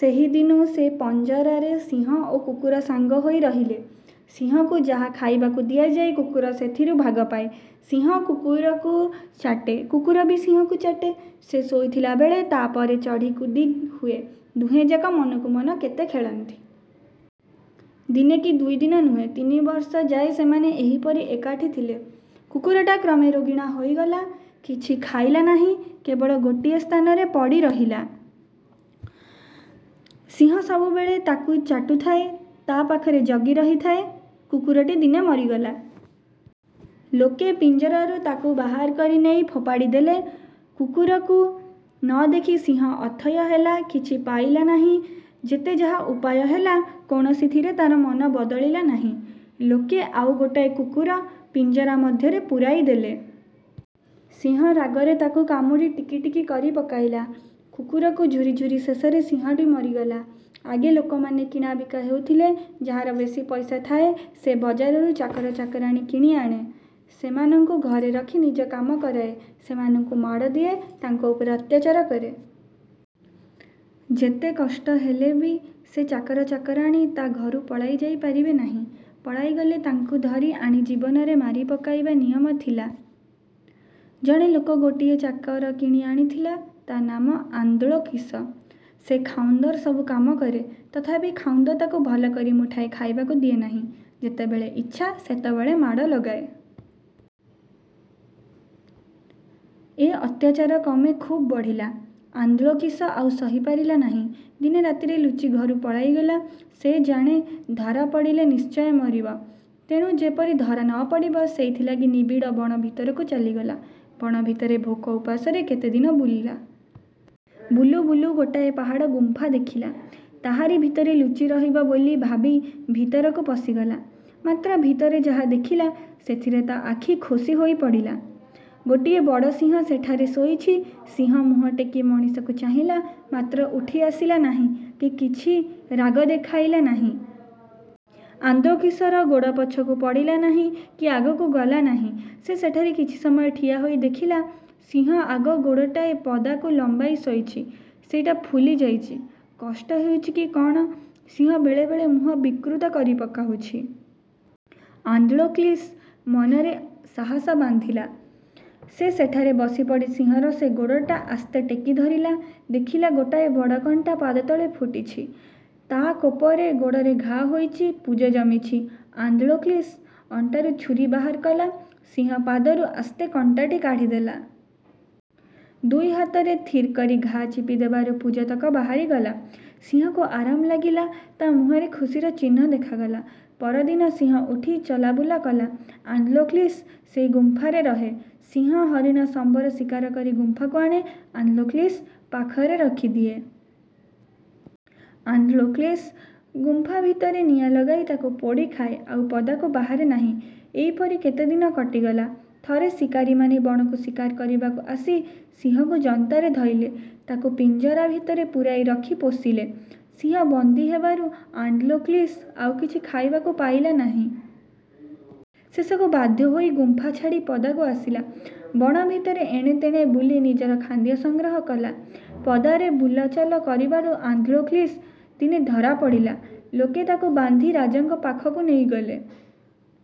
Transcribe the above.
ସେହି ଦିନୁ ସେ ପିଞ୍ଜରାରେ ସିଂହ ଓ କୁକୁର ସାଙ୍ଗ ହୋଇ ରହିଲେ। ସିଂହକୁ ଯାହା ଖାଇବାକୁ ଦିଆଯାଏ, କୁକୁର ସେଥିରୁ ଭାଗ ପାଏ। ସିଂହ କୁକୁରକୁ ଚାଟେ; କୁକୁର ବି ସିଂହକୁ ଚାଟେ। ସେ ଶୋଇଥିଲା ବେଳେ ତା'ଉପରେ ଚଢ଼ି କୁଦି ହୁଏ। ଦୁହେଁଯାକ ମନକୁ ମନ କେତେ ଖେଳନ୍ତି। ଦିନେ କି ଦୁଇ ଦିନ ନୁହେଁ, ତିନି ବର୍ଷଯାଏ ସେମାନେ ଏହିପରି ଏକାଠି ଥିଲେ। କୁକୁରଟା କ୍ରମେ ରୋଗିଣା ହୋଇଗଲା, କିଛି ଖାଇଲା ନାହିଁ-କେବଳ ଗୋଟିଏ ସ୍ଥାନରେ ପଡ଼ିରହିଲା। ସିଂହ ସବୁବେଳେ ତାକୁ ଚ। ଟୁଥାଏ, ତା' ପାଖରେ ଜଗି ରହିଥାଏ। କୁକୁରଟି ଦିନେ ମରିଗଲା। ଲୋକେ ପିଞ୍ଜରାରୁ ତାକୁ ବାହାର କରି ନେଇ ଫୋପାଡ଼ି ଦେଲେ। କୁକୁରକୁ ନ ଦେଖି ସିଂହ ଅଥୟ ହେଲା, କିଛି ଖାଇଲା ନ। ହିଁ। ଯେତେ ଯାହା ଉପାୟ ହେଲା, କୌଣସିଥିରେ ତା' ମନ ବଦଳିଲା ନାହିଁ। ଲୋକେ ଆଉ ଗୋଟାଏ କୁକୁର ପିଞ୍ଜରା ମଧ୍ୟରେ ପୁରାଇ ଦେଲେ। ସିଂହ ରାଗରେ ତାକୁ କାମୁଡ଼ି ଟିକିଟିକି କରି ପକାଇଲା। କୁକୁରକୁ ଝୁରିଝୁରି ଶେଷରେ ସିଂହଟି ମରିଗଲା। ଆଗେ ଲୋକମାନେ କିଣାବିକା ହେଉଥିଲେ। ଯାହାର ବେଶୀ ପଇସା ଥାଏ, ସେ ବଜାରରୁ ଚାକର ଚାକରାଣୀ କିଣି ଆଣେ। ସେମାନଙ୍କୁ ଘରେ ରଖି ନିଜ କାମ କରାଏ। ସେମାନଙ୍କୁ ମାଡ଼ ଦିଏ, ତାଙ୍କ ଉପରେ ଅତ୍ୟାଚାର କରେ। ଯେତେ କଷ୍ଟ ହେଲେ ବି ସେ ଚାକର ଚାକରାଣୀ ତା' ଘରୁ ପଳାଇ ଯାଇପାରିବେ ନାହିଁ। ପଳାଇଗଲେ ତାଙ୍କୁ ଧରି ଆଣି ଜୀବନରେ ମାରିପକାଇବା ନିୟମ ଥିଲା। ଜଣେ ଲୋକ ଗୋଟିଏ ଚାକର କିଣି ଆଣିଥିଲା। ତା' ନାମ ଆନ୍ଦ୍ରୋକ୍ଳିସ। ସେ ଖାଉନ୍ଦର ସବୁ କାମ କରେ; ତଥାପି ଖାଉନ୍ଦ ତାକୁ ଭଲକରି ମୁଠାଏ ଖାଇବାକୁ ଦିଏ ନାହିଁ, ଯେତେବେଳେ ଇଚ୍ଛା ସେତେବେଳେ ମାଡ଼ ଲଗାଏ। ଏ ଅତ୍ୟାଚାର କ୍ରମେ ଖୁବ୍ ବଢ଼ିଲା। ଆନ୍ଦ୍ରୋକ୍ଳିସ ଆଉ ସହିପାରିଲା ନାହିଁ। ଦିନେ ରାତିରେ ଲୁଚି ଘରୁ ପଳାଇଗଲା। ସେ ଜାଣେ, ଧରାପଡ଼ିଲେ ନିଶ୍ଚୟ ମରିବ। ତେଣୁ ଯେପରି ଧରା ନ ପଡ଼ିବ, ସେଇଥିଲାଗି ନିବିଡ଼ ବଣ ଭିତରକୁ ଚାଲିଗଲା। ବଣ ଭିତରେ ଭୋକ ଉପାସରେ କେତେ ଦିନ ବୁଲିଲା। ବୁଲୁ ବୁଲୁ ଗୋଟାଏ ପାହାଡ଼ ଗୁମ୍ଫା ଦେଖିଲା, ତାହାରି ଭିତରେ ଲୁଚି ରହିବ ବୋଲି ଭାବି ଭିତରକୁ ପଶିଗଲା। ମାତ୍ର ଭିତରେ ଯାହା ଦେଖିଲା, ସେଥିରେ ତା' ଆଖି ଖୋସି ହୋଇପଡ଼ିଲା। ଗୋଟାଏ ବଡ ସିଂହ ସେଠାରେ ଶୋଇଛି। ସିଂହ ମୁହଁ ଟେକି ମଣିଷକୁ ଚାହିଁଲା; ମାତ୍ର ଉଠି ଆସିଲା ନାହିଁ କି କିଛି ରାଗ ଦେଖାଇଲା ନାହିଁ। ଆନ୍ଦ୍ରୋକ୍ଳିସର ଗୋଡ଼ ପଛକୁ ପଡ଼ିଲା ନାହିଁ କି ଆଗକୁ ଗଲା ନାହିଁ। ସେ ସେଠାରେ କିଛି ସମୟ ଠିଆ ହୋଇ ଦେଖିଲା, ସିଂହ ଆଗ ଗୋଡ଼ଟାଏ ପଦାକୁ ଲମ୍ବାଇ ଶୋଇଛି, ସେଇଟା ଫୁଲି ଯାଇଛି। କଷ୍ଟ ହେଉଛି କି କ'ଣ, ସିଂହ ବେଳେବେଳେ ମୁହଁ ବିକୃତ କରି ପକାଉଛି। ଆନ୍ଦ୍ରୋକ୍ଳିସ ମନରେ ସାହସ ବାନ୍ଧିଲା। ସେ ସେଠାରେ ବସି ପଡ଼ି ସିଂହର ସେ ଗୋଡ଼ଟା ଆସ୍ତେ ଟେକି ଧରିଲା। ଦେଖିଲା, ଗୋଟାଏ ବଡ଼ କଣ୍ଟା ପାଦତଳେ ଫୁଟିଛି; ତା' କୋପରେ ଗୋଡ଼ରେ ଘା ହୋଇଛି, ପୁଜ ଜମିଛି। ଆନ୍ଦ୍ରୋକ୍ଳିସ ଅଣ୍ଟାରୁ ଛୁରୀ ବାହାର କଲା। ସିଂହ ପାଦରୁ ଆସ୍ତେ କଣ୍ଟାଟି କାଢ଼ିଦେଲା। ଦୁଇ ହାତରେ ଥିର୍ କରି ଘା ଚିପି ଦେବାରୁ ପୁଜତକ ବାହାରିଗଲା। ସିଂହକୁ ଆରାମ ଲାଗିଲା; ତା' ମୁହଁରେ ଖୁସିର ଚିହ୍ନ ଦେଖାଗଲା। ପରଦିନ ସିଂହ ଉଠି ଚାଲବୁଲ କଲା। ଆନ୍ଦ୍ରୋକ୍ଳିସ ସେହି ଗୁମ୍ପାରେ ରହେ। ସିଂହ, ହରିଣ, ସମ୍ବର ଶିକାର କରି ଗୁମ୍ପାକୁ ଆଣେ; ଆନ୍ଦ୍ରୋକ୍ଳିସ ପାଖରେ ରଖିଦିଏ। ଆନ୍ଦ୍ରୋକ୍ଳିସ ଗୁମ୍ଫା ଭିତରେ ନିଆଁ ଲଗାଇ ତାକୁ ପୋଡ଼ି ଖାଏ। ଆଉ ପଦାକୁ ବାହାରେ ନାହିଁ। ଏହିପରି କେତେକ ଦିନ କଟିଗଲା। ଥରେ ଶିକାରୀମାନେ ବଣକୁ ଶିକାର କରିବାକୁ ଆସି ସିଂହକୁ ଜନ୍ତାରେ ଧଇଲେ; ତାକୁ ପିଞ୍ଜରା ଭିତରେ ପୂରାଇ ରଖି ପୋଷିଲେ। ସିଂହ ବନ୍ଦୀ ହେବାରୁ ଆନ୍ଦ୍ରୋକ୍ଳିସ ଆଉ କିଛି ଖାଇବାକୁ ପାଇଲା ନାହିଁ। ଶେଷକୁ ବାଧ୍ୟ ହୋଇ ଗୁମ୍ଫା ଛାଡ଼ି ପଦାକୁ ଆସିଲା। ବଣ ଭିତରେ ଏଣେ ତେଣେ ବୁଲି ନିଜର ଖାଦ୍ୟ ସଂଗ୍ରହ କଲା। ପଦାରେ ବୁଲଚାଲ କରିବାରୁ ଆନ୍ଦ୍ରୋକ୍ଳିସ। ଦିନେ ଧରା ପଡ଼ିଲା। ଲୋକେ ତାକୁ ବାନ୍ଧି ରାଜାଙ୍କ ପାଖକୁ ନେଇଗଲେ।